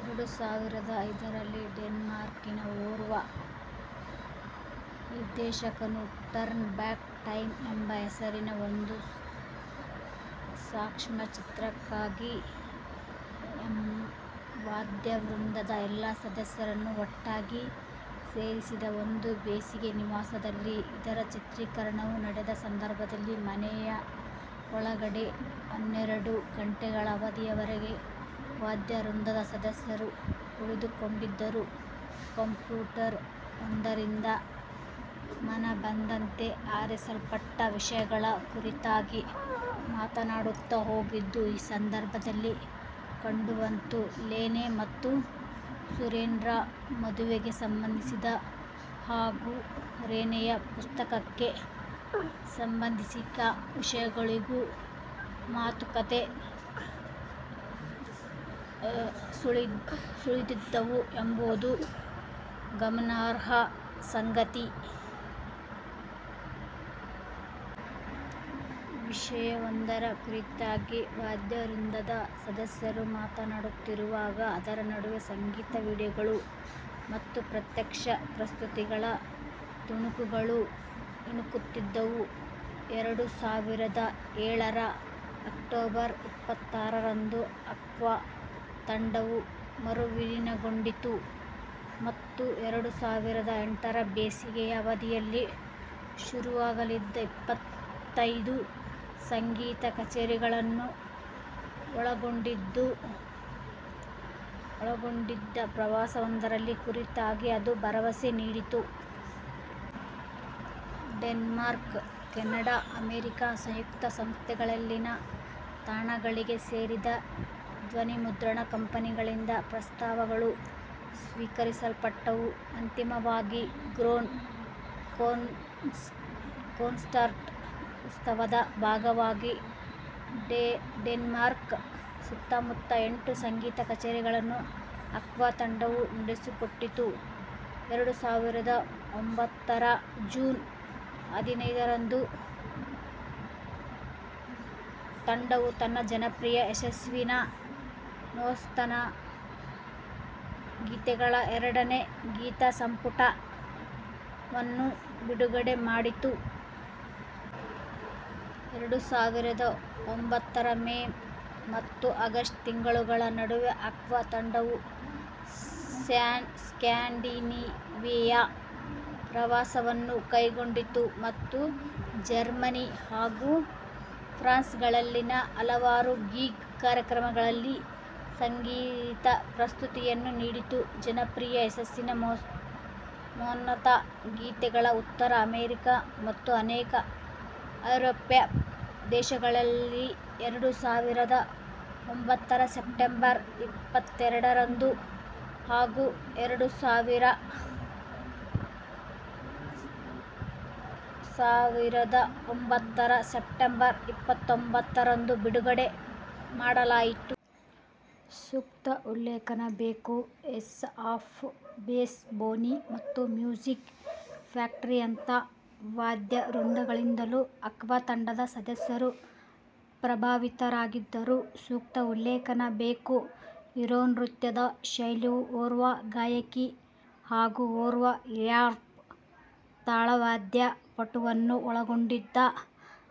ಎರಡು ಸಾವಿರದ ಐದರಲ್ಲಿ, ಡೆನ್ಮಾರ್ಕಿನ ಓರ್ವ ನಿರ್ದೇಶಕನು, ಟರ್ನ್ ಬ್ಯಾಕ್ ಟೈಮ್ ಎಂಬ ಹೆಸರಿನ ಒಂದು ಸಾಕ್ಷ್ಯಚಿತ್ರಕ್ಕಾಗಿ ವಾದ್ಯವೃಂದದ ಎಲ್ಲ ಸದಸ್ಯರನ್ನೂ ಒಟ್ಟಾಗಿ ಸೇರಿಸಿದ. ಒಂದು ಬೇಸಿಗೆ ನಿವಾಸದಲ್ಲಿ ಇದರ ಚಿತ್ರೀಕರಣವು ನಡೆದ ಸಂದರ್ಭದಲ್ಲಿ, ಮನೆಯ ಒಳಗಡೆ ಹನ್ನೆರಡು ಗಂಟೆಗಳ ಅವಧಿಯವರೆಗೆ ವಾದ್ಯವೃಂದದ ಸದಸ್ಯರು ಉಳಿದುಕೊಂಡಿದ್ದರು; ಕಂಪ್ಯೂಟರ್ ಒಂದರಿಂದ ಮನಬಂದಂತೆ ಆರಿಸಲ್ಪಟ್ಟ ವಿಷಯಗಳ ಕುರಿತಾಗಿ ಮಾತನಾಡುತ್ತಾ ಹೋಗಿದ್ದು ಈ ಸಂದರ್ಭದಲ್ಲಿ ಕಂಡುಬಂತು; ಲೆನೆ ಮತ್ತು ಸೋರೆನ್ರ ಮದುವೆಗೆ ಸಂಬಂಧಿಸಿದ ಹಾಗೂ ರೆನೆಯ ಪುಸ್ತಕಕ್ಕೆ ಸಂಬಂಧಿಸಿದ ವಿಷಯಗಳೂ ಈ ಮಾತುಕತೆಯಲ್ಲಿ ಸುಳಿದಿದ್ದವು ಎಂಬುದು ಗಮನಾರ್ಹ ಸಂಗತಿ. ವಿಷಯವೊಂದರ ಕುರಿತಾಗಿ ವಾದ್ಯವೃಂದದ ಸದಸ್ಯರು ಮಾತನಾಡುತ್ತಿರುವಾಗ, ಅದರ ನಡುವೆ ಸಂಗೀತ ವಿಡಿಯೋಗಳು ಮತ್ತು ಪ್ರತ್ಯಕ್ಷ ಪ್ರಸ್ತುತಿಗಳ ತುಣುಕುಗಳು ಇಣುಕುತ್ತಿದ್ದವು. ಎರಡು ಸಾವಿರದ ಏಳರ ಅಕ್ಟೋಬರ್ ಇಪ್ಪತ್ತಾರರಂದು, ಆಕ್ವಾ ತಂಡವು ಮರುವಿಲೀನಗೊಂಡಿತು ಮತ್ತು ಎರಡು ಸಾವಿರದ ಎಂಟರ ಬೇಸಿಗೆಯ ಅವಧಿಯಲ್ಲಿ ಶುರುವಾಗಲಿದ್ದ, ಇಪ್ಪತ್ತೈದು-ಸಂಗೀತ ಕಚೇರಿಗಳನ್ನು ಒಳಗೊಂಡಿದ್ದ ಪ್ರವಾಸವೊಂದರ ಕುರಿತಾಗಿ ಅದು ಭರವಸೆ ನೀಡಿತು. ಡೆನ್ಮಾರ್ಕ್, ಕೆನಡಾ, ಅಮೆರಿಕಾ ಸಂಯುಕ್ತ ಸಂಸ್ಥಾನಗಳಲ್ಲಿನ ತಾಣಗಳಿಗೆ ಸೇರಿದ ಧ್ವನಿಮುದ್ರಣ ಕಂಪನಿಗಳಿಂದ ಪ್ರಸ್ತಾವಗಳು ಸ್ವೀಕರಿಸಲ್ಪಟ್ಟವು. ಅಂತಿಮವಾಗಿ, "ಗ್ರೋನ್ ಕೊನ್ಸರ್ಟ್" ಉತ್ಸವದ ಭಾಗವಾಗಿ ಡೆನ್ಮಾರ್ಕ್ನ ಸುತ್ತಮುತ್ತ ಎಂಟು ಸಂಗೀತ ಕಚೇರಿಗಳನ್ನು ಆಕ್ವಾ ತಂಡವು ನಡೆಸಿಕೊಟ್ಟಿತು. ಎರಡು ಸಾವಿರದ ಒಂಭತ್ತರ ಜೂನ್ ಹದಿನೈದರಂದು, ತಂಡವು ತನ್ನ ಜನಪ್ರಿಯ ಯಶಸ್ಸಿನ ಮಹೋನ್ನತ ಗೀತೆಗಳ ಎರಡನೇ ಗೀತಸಂಪುಟವನ್ನು ಬಿಡುಗಡೆಮಾಡಿತು. ಎರಡು ಸಾವಿರದ ಒಂಭತ್ತರ ಮೇ ಮತ್ತು ಆಗಸ್ಟ್ ತಿಂಗಳುಗಳ ನಡುವೆ ಆಕ್ವಾ ತಂಡವು ಸ್ಕ್ಯಾಂಡಿನೇವಿಯಾ ಪ್ರವಾಸವನ್ನೂ ಕೈಗೊಂಡಿತು ಮತ್ತು ಜರ್ಮನಿ, ಹಾಗೂ ಫ್ರಾನ್ಸ್ಗಳಲ್ಲಿನ ಹಲವಾರು ಗಿಗ್ ಕಾರ್ಯಕ್ರಮಗಳಲ್ಲಿ ಸಂಗೀತ-ಪ್ರಸ್ತುತಿಯನ್ನು ನೀಡಿತು. ಜನಪ್ರಿಯ ಯಶಸ್ಸಿನ ಮಹೋನ್ನತ ಗೀತೆಗಳ ಉತ್ತರ ಅಮೆರಿಕಾ ಮತ್ತು ಅನೇಕ ಐರೋಪ್ಯ ದೇಶಗಳಲ್ಲಿ ಎರಡು ಸಾವಿರದ ಒಂಭತ್ತರ ಸೆಪ್ಟೆಂಬರ್ ಇಪ್ಪತ್ತೆರಡರಂದು ಹಾಗೂ ಎರಡು ಸಾವಿರದ ಒಂಭತ್ತರ ಸೆಪ್ಟೆಂಬರ್ ಇಪ್ಪತ್ತೊಂಬತ್ತರಂದು ಬಿಡುಗಡೆ ಮಾಡಲಾಯಿತು. ಸೂಕ್ತ ಉಲ್ಲೇಖನ ಬೇಕು, ಏಸ್ ಆಫ್ ಬೇಸ್, ಬೋನಿ. ಮತ್ತು ಮ್ಯೂಸಿಕ್ ಫ್ಯಾಕ್ಟರಿಯಂಥ ವಾದ್ಯವೃಂದಗಳಿಂದಲೂ ಆಕ್ವಾ ತಂಡದ ಸದಸ್ಯರು ಪ್ರಭಾವಿತರಾಗಿದ್ದರು. ಸೂಕ್ತ ಉಲ್ಲೇಖನ ಬೇಕು ಯುರೋನೃತ್ಯದ ಶೈಲಿಯು, ಓರ್ವ ಗಾಯಕಿ ಹಾಗೂ ಓರ್ವ ರ್ಯಾಪ್ ತಾಳವಾದ್ಯ ಪಟುವನ್ನು ಒಳಗೊಂಡಿದ್ದ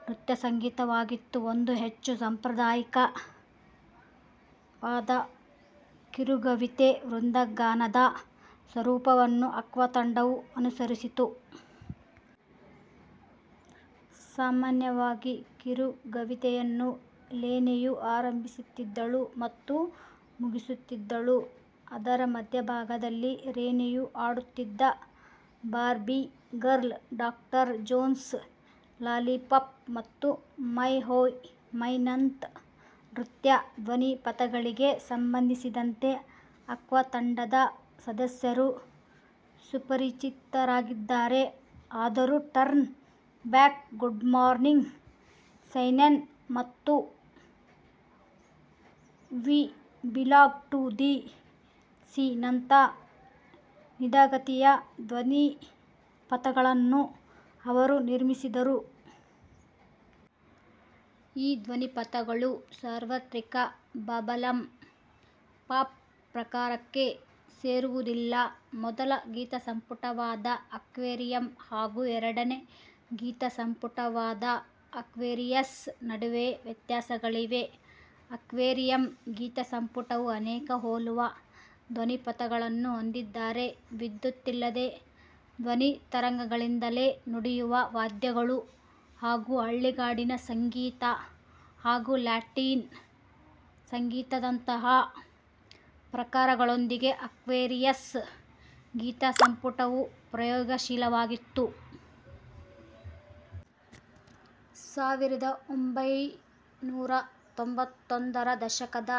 ನೃತ್ಯ ಸಂಗೀತವಾಗಿತ್ತು. ಒಂದು ಹೆಚ್ಚು ಸಾಂಪ್ರದಾಯಿಕವಾದ ಕಿರುಗವಿತೆ-ವೃಂದಗಾನದ ಸ್ವರೂಪವನ್ನು ಆಕ್ವಾ ತಂಡವು ಅನುಸರಿಸಿತು. ಸಾಮಾನ್ಯವಾಗಿ, ಕಿರುಗವಿತೆಯನ್ನು ಲೆನೆಯು ಆರಂಭಿಸುತ್ತಿದ್ದಳು ಮತ್ತು ಮುಗಿಸುತ್ತಿದ್ದಳು. ಅದರ ಮಧ್ಯಭಾಗದಲ್ಲಿ ರೆನೆಯು ಹಾಡುತ್ತಿದ್ದ. "Barbie girl", "doctor Jones", "lollipop " ಮತ್ತು "ಮೈ ಓಹ್ ಮೈ"ನಂಥ ನೃತ್ಯ ಧ್ವನಿಪಥಗಳಿಗೆ ಸಂಬಂಧಿಸಿದಂತೆ ಆಕ್ವಾ ತಂಡದ ಸದಸ್ಯರು ಸುಪರಿಚಿತರಾಗಿದ್ದಾರೆ. ಆದರೂ, "turn back time", "good morning sunshine" ಮತ್ತು "ವಿ ಬಿಲಾಂಗ್ ಟು ದಿ ಸೀ"ನಂಥ ನಿಧಾನಗತಿಯ ಧ್ವನಿಪಥಗಳನ್ನೂ ಅವರು ನಿರ್ಮಿಸಿದರು. ಈ ಧ್ವನಿಪಥಗಳು ಸಾರ್ವತ್ರಿಕ ಬಬಲ್ಗಮ್ ಪಾಪ್ ಪ್ರಕಾರಕ್ಕೆ ಸೇರುವುದಿಲ್ಲ. ಮೊದಲ ಗೀತಸಂಪುಟವಾದ ಆಕ್ವೇರಿಯಂ ಹಾಗೂ ಎರಡನೇ ಗೀತಸಂಪುಟವಾದ ಆಕ್ವೇರಿಯಸ್ ನಡುವೆಯೂ ವ್ಯತ್ಯಾಸಗಳಿವೆ. ಆಕ್ವೇರಿಯಂ ಗೀತಸಂಪುಟವು ಅನೇಕ ಹೋಲುವ ಧ್ವನಿಪಥಗಳನ್ನು ಹೊಂದಿದ್ದರೆ, ವಿದ್ಯುತ್ತಿಲ್ಲದೆ ಧ್ವನಿತರಂಗಗಳಿಂದಲೇ ನುಡಿಯುವ ವಾದ್ಯಗಳು ಹಾಗೂ ಹಳ್ಳಿಗಾಡಿನ ಸಂಗೀತ ಹಾಗೂ ಲ್ಯಾಟಿನ್ ಸಂಗೀತದಂಥ ಪ್ರಕಾರಗಳೊಂದಿಗೆ ಆಕ್ವೇರಿಯಸ್ ಗೀತಸಂಪುಟವು ಪ್ರಯೋಗಶೀಲವಾಗಿತ್ತು. ಸಾವಿರದ ಒಂಭೈನೂರ ತೊಂಬತ್ತರ ದಶಕದ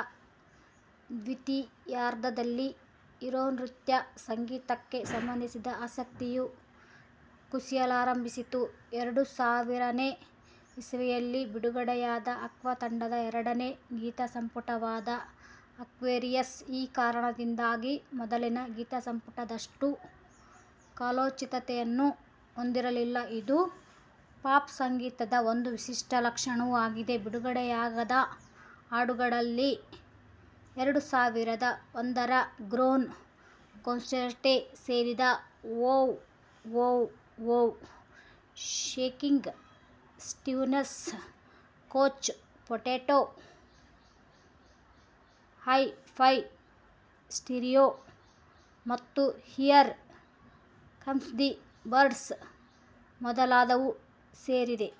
ದ್ವಿತೀಯಾರ್ಧದಲ್ಲಿ, ಯುರೋನೃತ್ಯ ಸಂಗೀತಕ್ಕೆ ಸಂಬಂಧಿಸಿದ ಆಸಕ್ತಿಯು ಕುಸಿಯಲಾರಂಭಿಸಿತು. ಎರಡು ಸಾವಿರನೇ ಇಸವಿಯಲ್ಲಿ ಬಿಡುಗಡೆಯಾದ ಆಕ್ವಾ ತಂಡದ ಎರಡನೇ ಗೀತಸಂಪುಟವಾದ ಆಕ್ವೇರಿಯಸ್, ಈ ಕಾರಣದಿಂದಾಗಿ ಮೊದಲಿನ ಗೀತಸಂಪುಟದಷ್ಟು ಕಾಲೋಚಿತತೆಯನ್ನು ಹೊಂದಿರಲಿಲ್ಲ. ಇದು ಪಾಪ್ ಸಂಗೀತದ ಒಂದು ವಿಶಿಷ್ಟ ಲಕ್ಷಣವೂ ಆಗಿದೆ. ಬಿಡುಗಡೆಯಾಗದ ಹಾಡುಗಳಲ್ಲಿ ಎರಡು ಸಾವಿರದ ಒಂದರ ಗ್ರೋನ್ ಕೊನ್ಸರ್ಟ್ಗೆ ಸೇರಿದ "wow, wow, wow", "shaking Stevens ", "couch potato", "hi fi stereo", ಮತ್ತು "ಹಿಯರ್ ಕಮ್ಸ್ ದಿ ಬರ್ಡ್ಸ್" ಮೊದಲಾದವು ಸೇರಿವೆ.